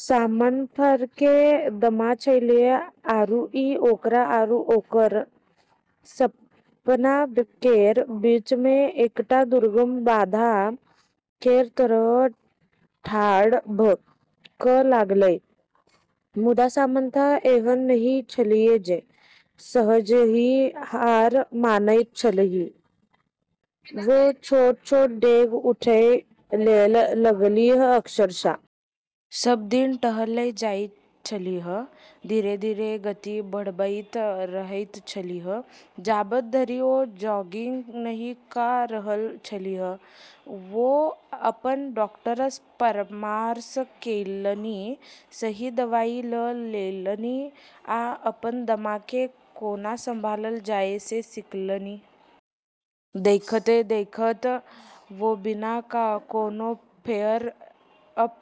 सामन्थाकेँ दमा छेलै, आरू ई ओकरा आरू ओकर सपना केर बीचमे एकटा दुर्गम बाधा केर तरह ठाढ़ भऽ कऽ लागलै। मुदा सामन्था एहन नहि छलीह जे सहजहि हार मानैत छलीह। ओ छोट-छोट डेग उठै लेल लगलीह – अक्षरशः। सब दिन टहलै जाइत छलीह, धीरे-धीरे गति बढ़बैत रहैत छलीह जाबत धरि ओ जॉगिंग नहि कऽ रहल छलीह। ओ अपन डॉक्टरसँ परामर्श केलनि, सही दवाई लऽ लेलनि, आ अपन दमाकेँ कोना संभालल जाए से सीखलनि। देखैत-देखैत, ओ बिना कोनो फ्लेयर-अप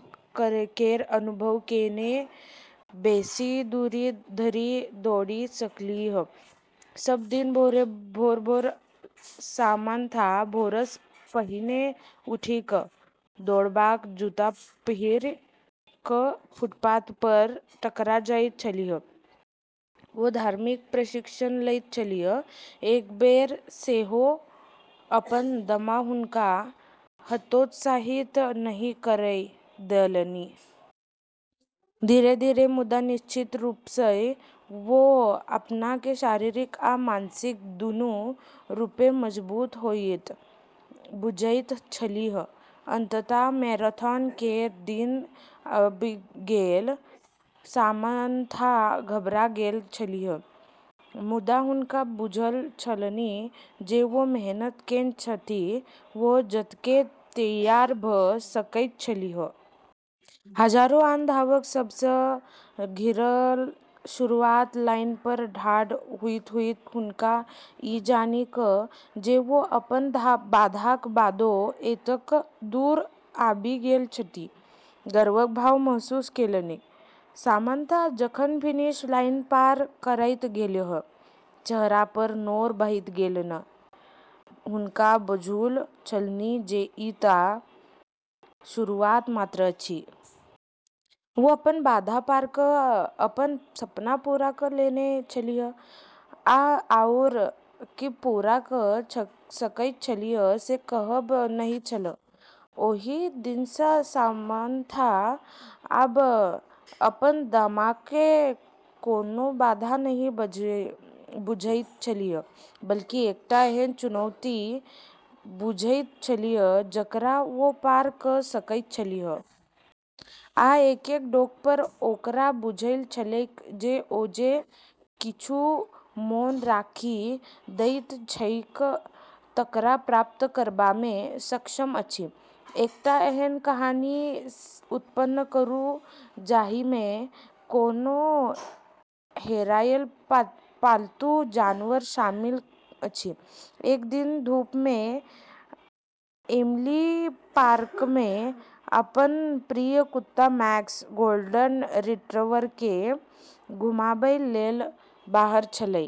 केर अनुभव केने बेसी दूरी धरि दौड़ि सकलीह। सब दिन भोरे-भोर सामन्था भोरसँ पहिने उठि कऽ दौड़बाक जूता पहिरि कऽ फुटपाथपर टकरा जाइत छलीह। ओ धार्मिक प्रशिक्षण लैत छलीह, एक बेर सेहो अपन दमा हुनका हतोत्साहित नहि करै देलनि। धीरे-धीरे मुदा निश्चित रूपसँ ओ अपनाकेँ शारीरिक आ मानसिक दूनू रूपेँ मजबूत होइत बुझैत छलीह। अंततः मैराथन केर दिन आबि गेल। सामन्था घबरा गेल छलीह, मुदा हुनका बुझल छलनि जे ओ मेहनत केने छथि आ जतेक तैयार भऽ सकैत छलीह। हजारो आन धावक सभसँ घिरल शुरुआती लाइनपर ठाढ़ होइत-होइत हुनका ई जानि कऽ जे ओ अपन बाधाक बादो एतेक दूर आबि गेल छथि, गर्वक भाव महसूस केलनि। सामन्था जखन फिनिश लाइन पार करैत गेलीह, चेहरापर नोर बहैत गेलनि, हुनका बुझल छलनि जे ई तऽ शुरुआत मात्र अछि। ओ अपन बाधा पार कऽ अपन सपना पूरा कऽ लेने छलीह, आ आओर की पूरा कऽ सकैत छलीह से कहब नहि छल। ओहि दिनसँ सामन्था आब अपन दमाकेँ कोनो बाधा नहि बुझैत छलीह, बल्कि एकटा एहन चुनौती बुझैत छलीह जकरा ओ पार कऽ सकैत छलीह। आ एक-एक डेगपर ओकरा बुझल छलैक जे ओ जे किछु मोन राखि दैत छैक तकरा प्राप्त करबामे सक्षम अछि। एकटा एहन कहानी उत्पन्न करू जाहिमे कोनो हेरायल पालतू जानवर शामिल अछि। एक दिन धूपमे एमिली पार्कमे अपन प्रिय कुत्ता मैक्स, गोल्डन रिट्रीवरकेँ घुमाबै लेल बाहर छेलै।